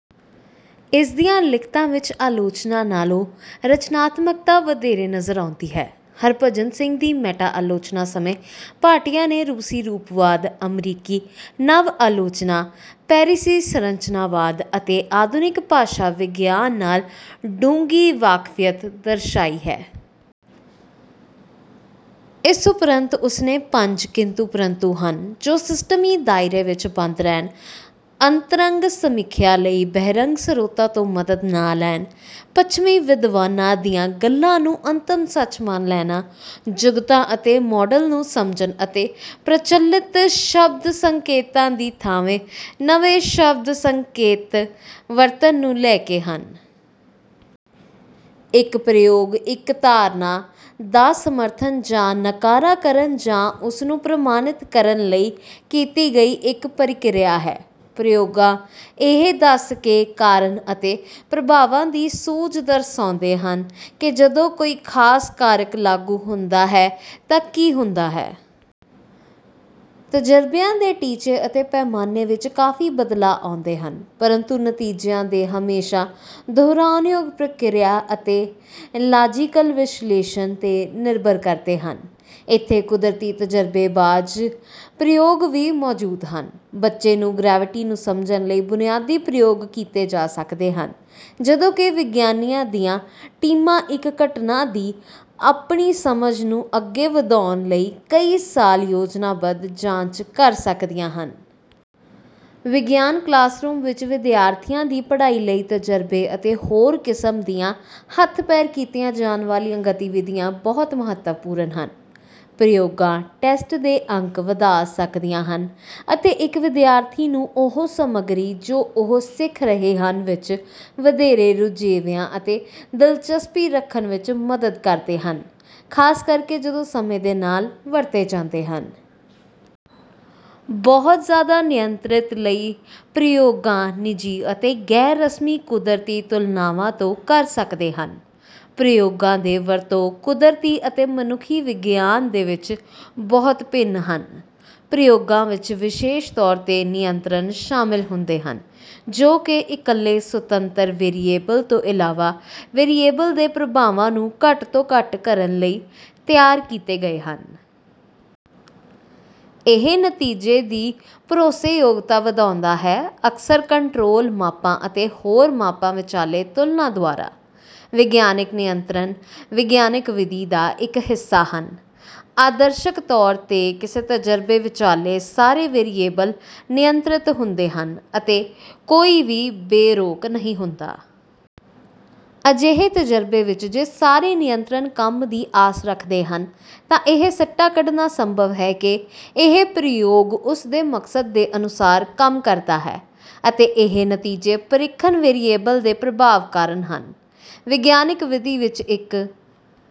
ਇਸਦੀਆਂ ਲਿਖਤਾਂ ਵਿੱਚ ਆਲੋਚਨਾ ਨਾਲੋਂ ਰਚਨਾਤਮਕਤਾ ਵਧੇਰੇ ਨਜ਼ਰ ਆਉਂਦੀ ਹੈ। ਹਰਿਭਜਨ ਸਿੰਘ ਦੀ ਮੈਟਾ ਆਲੋਚਨਾ ਸਮੇਂ ਭਾਟੀਆ ਨੇ ਰੂਸੀ ਰੂਪਵਾਦ, ਅਮਰੀਕੀ ਨਵ-ਆਲੋਚਨਾ, ਪੈਰਿਸੀ ਸੰਰਚਨਾਵਾਦ ਅਤੇ ਆਧੁਨਿਕ ਭਾਸ਼ਾ ਵਿਗਿਆਨ ਨਾਲ ਡੂੰਘੀ ਵਾਕਫੀਅਤ ਦਰਸ਼ਾਈ ਹੈ। ਇਸ ਉਪਰੰਤ ਉਸਨੇ ਪੰਜ ਕਿੰਤੂ-ਪ੍ਰੰਤੂ ਹਨ ਜੋ ਸਿਸਟਮੀ ਦਾਇਰੇ ਵਿੱਚ ਬੰਦ ਰਹਿਣ, ਅੰਤਰੰਗ ਸਮੀਖਿਆ ਲਈ ਬਹਿਰੰਗ ਸਰੋਤਾਂ ਤੋਂ ਮਦ ਨਾ ਲੈਣ, ਪੱਛਮੀ ਵਿਦਵਾਨਾਂ ਦੀਆਂ ਗੱਲਾਂ ਨੂੰ ਅੰਤਮ ਸੱਚ ਮੰਨ ਲੈਣਾ, ਜੁਗਤਾਂ ਅਤੇ ਮਾਡਲ ਨੂੰ ਸਮਝਣ ਅਤੇ ਪ੍ਰਚੱਲਿਤ ਸ਼ਬਦ-ਸੰਕੇਤਾਂ ਦੀ ਥਾਂਵੇਂ ਨਵੇਂ ਸ਼ਬਦ-ਸੰਕੇਤ ਵਰਤਣ ਨੂੰ ਲੈ ਕੇ ਹਨ। ਇੱਕ ਪ੍ਰਯੋਗ ਇੱਕ ਧਾਰਨਾ ਦਾ ਸਮਰਥਨ, ਜਾਂ ਨਕਾਰਾ ਕਰਨ ਜਾਂ ਉਸ ਨੂੰ ਪ੍ਰਮਾਣਿਤ ਕਰਨ ਲਈ ਕੀਤੀ ਗਈ ਇੱਕ ਪ੍ਰਕਿਰਿਆ ਹੈ। ਪ੍ਰਯੋਗਾਂ ਇਹ ਦੱਸ ਕੇ ਕਾਰਨ-ਅਤੇ-ਪ੍ਰਭਾਵਾਂ ਦੀ ਸੂਝ ਦਰਸਾਉਂਦੇ ਹਨ ਕਿ ਜਦੋਂ ਕੋਈ ਖ਼ਾਸ ਕਾਰਕ ਲਾਗੂ ਹੁੰਦਾ ਹੈ ਤਾਂ ਕੀ ਹੁੰਦਾ ਹੈ। ਤਜਰਬਿਆਂ ਦੇ ਟੀਚੇ ਅਤੇ ਪੈਮਾਨੇ ਵਿੱਚ ਕਾਫ਼ੀ ਬਦਲਾਅ ਆਉਂਦੇ ਹਨ, ਪਰੰਤੂ ਨਤੀਜਿਆਂ ਦੇ ਹਮੇਸ਼ਾ ਦੁਹਰਾਉਣਯੋਗ ਪ੍ਰਕਿਰਿਆ ਅਤੇ ਲਾਜ਼ੀਕਲ ਵਿਸ਼ਲੇਸ਼ਣ 'ਤੇ ਨਿਰਭਰ ਕਰਦੇ ਹਨ। ਇੱਥੇ ਕੁਦਰਤੀ ਤਜਰਬੇਬਾਜ਼ ਪ੍ਰਯੋਗ ਵੀ ਮੌਜੂਦ ਹਨ। ਬੱਚੇ ਨੂੰ ਗ੍ਰੈਵਿਟੀ ਨੂੰ ਸਮਝਣ ਲਈ ਬੁਨਿਆਦੀ ਪ੍ਰਯੋਗ ਕੀਤੇ ਜਾ ਸਕਦੇ ਹਨ, ਜਦੋਂ ਕਿ ਵਿਗਿਆਨੀਆਂ ਦੀਆਂ ਟੀਮਾਂ ਇੱਕ ਘਟਨਾ ਦੀ ਆਪਣੀ ਸਮਝ ਨੂੰ ਅੱਗੇ ਵਧਾਉਣ ਲਈ ਕਈ ਸਾਲ ਯੋਜਨਾਬੱਧ ਜਾਂਚ ਕਰ ਸਕਦੀਆਂ ਹਨ। ਵਿਗਿਆਨ ਕਲਾਸਰੂਮ ਵਿੱਚ ਵਿਦਿਆਰਥੀਆਂ ਦੀ ਪੜ੍ਹਾਈ ਲਈ ਤਜਰਬੇ ਅਤੇ ਹੋਰ ਕਿਸਮ ਦੀਆਂ ਹੱਥ-ਪੈਰ ਕੀਤੀਆਂ ਜਾਣ ਵਾਲੀਆਂ ਗਤੀਵਿਧੀਆਂ ਬਹੁਤ ਮਹੱਤਵਪੂਰਨ ਹਨ। ਪ੍ਰਯੋਗਾਂ ਟੈਸਟ ਦੇ ਅੰਕ ਵਧਾ ਸਕਦੀਆਂ ਹਨ ਅਤੇ ਇੱਕ ਵਿਦਿਆਰਥੀ ਨੂੰ ਉਹ ਸਮੱਗਰੀ ਜੋ ਉਹ ਸਿੱਖ ਰਹੇ ਹਨ ਵਿੱਚ ਵਧੇਰੇ ਰੁਝੇਵਿਆਂ ਅਤੇ ਦਿਲਚਸਪੀ ਰੱਖਣ ਵਿੱਚ ਮਦਦ ਕਰਦੇ ਹਨ, ਖ਼ਾਸ ਕਰਕੇ ਜਦੋਂ ਸਮੇਂ ਦੇ ਨਾਲ ਵਰਤੇ ਜਾਂਦੇ ਹਨ। ਬਹੁਤ ਜ਼ਿਆਦਾ ਨਿਯੰਤ੍ਰਿਤ ਲਈ ਪ੍ਰਯੋਗਾਂ ਨਿੱਜੀ ਅਤੇ ਗੈਰ-ਰਸਮੀ ਕੁਦਰਤੀ ਤੁਲਨਾਵਾਂ ਤੋਂ ਕਰ ਸਕਦੇ ਹਨ। ਪ੍ਰਯੋਗਾਂ ਦੇ ਵਰਤੋਂ ਕੁਦਰਤੀ ਅਤੇ ਮਨੁੱਖੀ ਵਿਗਿਆਨ ਦੇ ਵਿੱਚ ਬਹੁਤ ਭਿੰਨ ਹਨ। ਪ੍ਰਯੋਗਾਂ ਵਿੱਚ ਵਿਸ਼ੇਸ਼ ਤੌਰ 'ਤੇ ਨਿਯੰਤਰਣ ਸ਼ਾਮਲ ਹੁੰਦੇ ਹਨ, ਜੋ ਕਿ ਇੱਕਲੇ ਸੁਤੰਤਰ ਵੇਰੀਏਬਲ ਤੋਂ ਇਲਾਵਾ ਵੇਰੀਏਬਲ ਦੇ ਪ੍ਰਭਾਵਾਂ ਨੂੰ ਘੱਟ ਤੋਂ ਘੱਟ ਕਰਨ ਲਈ ਤਿਆਰ ਕੀਤੇ ਗਏ ਹਨ। ਇਹ ਨਤੀਜੇ ਦੀ ਭਰੋਸੇਯੋਗਤਾ ਵਧਾਉਂਦਾ ਹੈ, ਅਕਸਰ ਕੰਟਰੋਲ ਮਾਪਾਂ ਅਤੇ ਹੋਰ ਮਾਪਾਂ ਵਿੱਚਾਲੇ ਤੁਲਨਾ ਦੁਆਰਾ। ਵਿਗਿਆਨਕ ਨਿਯੰਤਰਣ ਵਿਗਿਆਨਕ ਵਿਧੀ ਦਾ ਇੱਕ ਹਿੱਸਾ ਹਨ। ਆਦਰਸ਼ਕ ਤੌਰ ਤੇ, ਕਿਸੇ ਤਜਰਬੇ ਵਿੱਚਾਲੇ ਸਾਰੇ ਵੇਰੀਏਬਲ ਨਿਯੰਤਰਿਤ ਹੁੰਦੇ ਹਨ ਅਤੇ ਕੋਈ ਵੀ ਬੇਰੋਕ ਨਹੀਂ ਹੁੰਦਾ। ਅਜਿਹੇ ਤਜ਼ੁਰਬੇ ਵਿੱਚ, ਜੇ ਸਾਰੇ ਨਿਯੰਤ੍ਰਣ ਕੰਮ ਦੀ ਆਸ ਰੱਖਦੇ ਹਨ, ਤਾਂ ਇਹ ਸਿੱਟਾ ਕੱਢਣਾ ਸੰਭਵ ਹੈ ਕਿ ਇਹ ਪ੍ਰਯੋਗ ਉਸ ਦੇ ਮਕਸਦ ਦੇ ਅਨੁਸਾਰ ਕੰਮ ਕਰਦਾ ਹੈ, ਅਤੇ ਇਹ ਨਤੀਜੇ ਪ੍ਰੀਖਣ ਵੇਰੀਏਬਲ ਦੇ ਪ੍ਰਭਾਵ ਕਾਰਨ ਹਨ। ਵਿਗਿਆਨਕ ਵਿਧੀ ਵਿੱਚ, ਇੱਕ